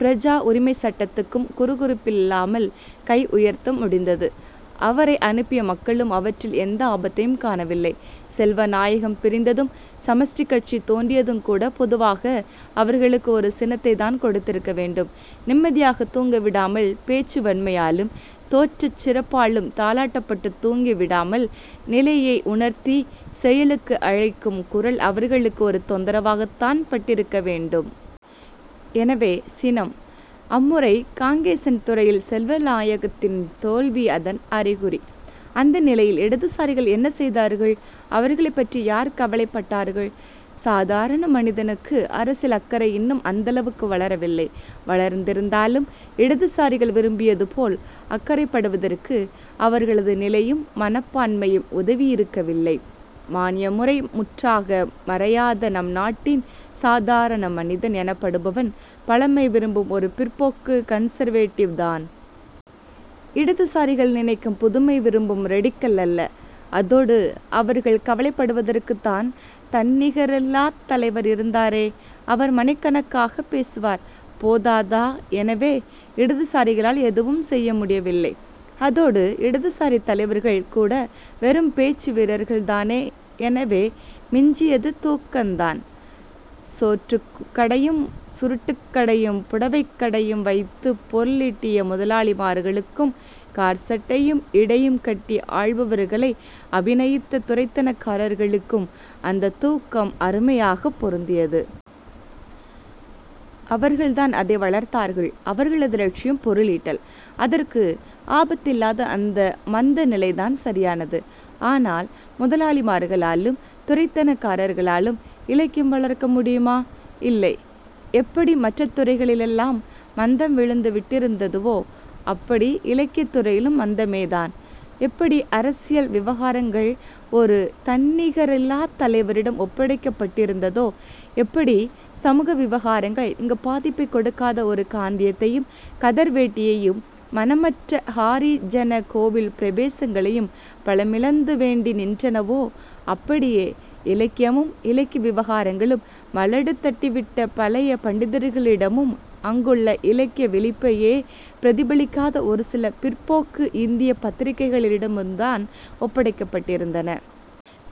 பிரஜா உரிமை சட்டத்துக்கும் குறுகுறுப்பில்லாமல் கை உயர்த்த முடிந்தது. அவரை அனுப்பிய மக்களும் அவற்றில் எந்த ஆபத்தையும் காணவில்லை. செல்வநாயகம் பிரிந்ததும் சமஷ்டிக் கட்சி தோன்றியதுங் கூட பொதுவாக அவர்களுக்கு ஒரு சினத்தைத்தான் கொடுத்திருக்க வேண்டும். நிம்மதியாகக் தூங்கவிடாமல் பேச்சு வன்மையாலும் தோற்றச் சிறப்பாலும் தாலாட்டப்பட்டுத் தூங்கிவிடாமல் நிலையை உணர்த்திச் செயலுக்கு அழைக்கும் குரல் அவர்களுக்கு ஒரு தொந்தரவாகத்தான் பட்டிருக்க வேண்டும். எனவே சினம். அம்முறை காங்கேசன்துறையில் செல்வநாயகத்தின் தோல்வி அதன் அறிகுறி. அந்த நிலையில் இடதுசாரிகள் என்ன செய்தார்கள் அவர்களைப்பற்றி யார் கவலைப்பட்டார்கள் சாதாரண மனிதனுக்கு அரசியல் அக்கறை இன்னும் அந்தளவுக்கு வளரவில்லை. வளர்ந்திருந்தாலும் இடதுசாரிகள் விரும்பியதுபோல் அக்கறைப்படுவதற்கு அவர்களது நிலையும் மனப்பான்மையும் உதவியிருக்கவில்லை. மான்யமுறை முற்றாக மறையாத நம் நாட்டின் சாதாரண மனிதன் எனப்படுபவன் பழமை விரும்பும் ஒரு பிற்போக்கு கன்சர்வேட்டிவ்' தான். இடதுசாரிகள் நினைக்கும் புதுமை விரும்பும் ரெடிக்கல் அல்ல. அதோடு அவர்கள் கவலைப்படுவதற்குத்தான் தன்னிகரில்லாத் தலைவர் இருந்தாரே அவர் மணிக்கணக்காகப் பேசுவார். போதாதா எனவே இடதுசாரிகளால் எதுவும் செய்ய முடியவில்லை. அதோடு இடதுசாரித் தலைவர்கள் கூடவெறும் பேச்சு வீரர்கள் தானே எனவே மிஞ்சியது தூக்கந்தான். சோற்றுக் கடையும் சுருட்டுக் கடையும் புடவைக் கடையும் வைத்துப் பொருளீட்டிய முதலாளிமார்களுக்கும் காற்சட்டையும் இடையும் கட்டி ஆள்பவர்களை அபிநயித்த துரைத்தனக்காரர்களுக்கும் அந்தத் தூக்கம் அருமையாகப் பொருந்தியது. அவர்கள்தான் அதை வளர்த்தார்கள். அவர்களது லட்சியம் பொருளீட்டல். அதற்கு ஆபத்தில்லாத அந்த மந்த நிலைதான் சரியானது. ஆனால் முதலாளிமார்களாலும் துரைத்தனக்காரர்களாலும் இலக்கியம் வளர்க்க முடியுமா? இல்லை, எப்படி மற்ற துறைகளிலெல்லாம் மந்தம் விழுந்து விட்டிருந்ததுவோ அப்படி இலக்கியத் துறையிலும் மந்தமேதான். எப்படி அரசியல் விவகாரங்கள் ஒரு தன்னிகரில்லாத் தலைவரிடம் ஒப்படைக்கப்பட்டிருந்ததோ எப்படி சமூக விவகாரங்கள் இங்கு பாதிப்பைக் கொடுக்காத ஒரு காந்தியத்தையும் கதர் வேட்டியையும் மனமற்ற ஹாரிஜன கோவில் பிரவேசங்களையும் பலமிழந்து வேண்டி நின்றனவோ அப்படியே இலக்கியமும் இலக்கிய விவகாரங்களும் மலடு தட்டிவிட்ட பழைய பண்டிதர்களிடமும் அங்குள்ள இலக்கிய விழிப்பையே பிரதிபலிக்காத ஒரு சில பிற்போக்கு இந்தியப் பத்திரிகைகளிடமுந்தான் ஒப்படைக்கப் பட்டிருந்தன.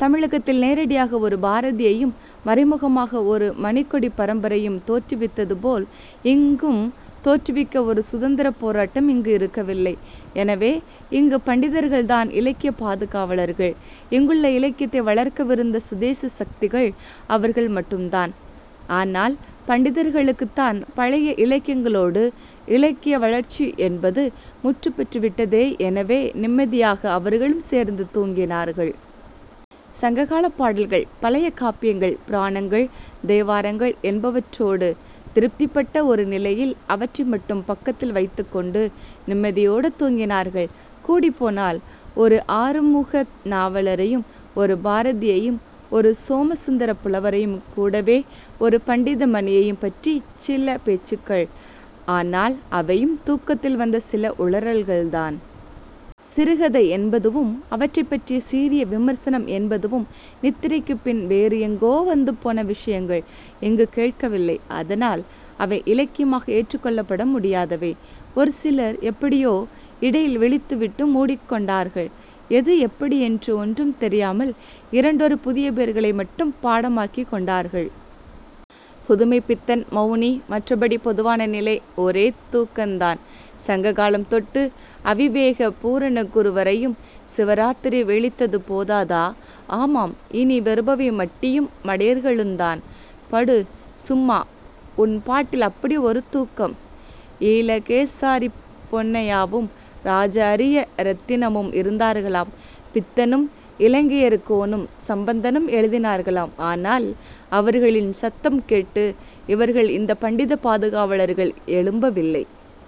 தமிழகத்தில் நேரடியாக ஒரு பாரதியையும் மறைமுகமாக ஒரு மணிகொடிப் பரம்பரையும் தோற்றுவித்ததுபோல் இங்கும் தோற்றுவிக்க ஒரு சுதந்திரப் போராட்டம் இங்கு இருக்கவில்லை. எனவே இங்கு பண்டிதர்கள்தான் இலக்கியப் பாதுகாவலர்கள். இங்குள்ள இலக்கியத்தை வளர்க்கவிருந்த சுதேச சக்திகள் அவர்கள் மட்டும்தான். ஆனால் பண்டிதர்களுக்குத்தான் பழைய இலக்கியங்களோடு இலக்கிய வளர்ச்சி என்பது முற்றுப்பெற்று விட்டதே எனவே நிம்மதியாக அவர்களும் சேர்ந்து தூங்கினார்கள். சங்ககாலப் பாடல்கள் பழைய காப்பியங்கள் புராணங்கள் தேவாரங்கள் என்பவற்றோடு திருப்திப்பட்ட ஒரு நிலையில் அவற்றை மட்டும் பக்கத்தில் வைத்துக்கொண்டு நிம்மதியோடு தூங்கினார்கள். கூடிப்போனால் ஒரு ஆறுமுக நாவலரையும் ஒரு பாரதியையும் ஒரு சோமசுந்தரப் புலவரையும் கூடவே ஒரு பண்டித மணியையும் பற்றிச் சில பேச்சுகள். ஆனால் அவையும் தூக்கத்தில் வந்த சில உளறல்கள்தான். சிறுகதை என்பதுவும் அவற்றைப் பற்றிய சீரிய விமர்சனம் என்பதுவும் நித்திரைக்குப் பின் வேறு எங்கோ வந்துபோன விஷயங்கள். இங்கு கேட்கவில்லை. அதனால் அவை இலக்கியமாக ஏற்றுக்கொள்ளப்படமுடியாதவை. ஒரு சிலர் எப்படியோ இடையில் விழித்துவிட்டு மூடிக்கொண்டார்கள். எது எப்படி என்று ஒன்றும் தெரியாமல் இரண்டொரு புதிய பேர்களை மட்டும் பாடமாக்கிக் கொண்டார்கள். புதுமைப்பித்தன் மெளனி மற்றபடி பொதுவான நிலை ஒரே தூக்கந்தான். சங்ககாலம் தொட்டு அவிவேக பூரணகுரு வரையும் சிவராத்திரிவிழித்தது போதாதா? ஆமாம் இனி வருபவை மட்டியும் மடையர்களுந்தான். படு சும்மா உன் பாட்டில் அப்படி ஒரு தூக்கம். ஈழகேசாரிப் பொன்னையாவும் ராஜ அரிய இரெத்தினமும் இருந்தார்களாம். பித்தனும் இலங்கையர் கோனும் சம்பந்தனும் எழுதினார்களாம். ஆனால் அவர்களின் சத்தம் கேட்டு இவர்கள் இந்தப் பண்டிதப் பாதுகாவலர்கள் எழும்பவில்லை.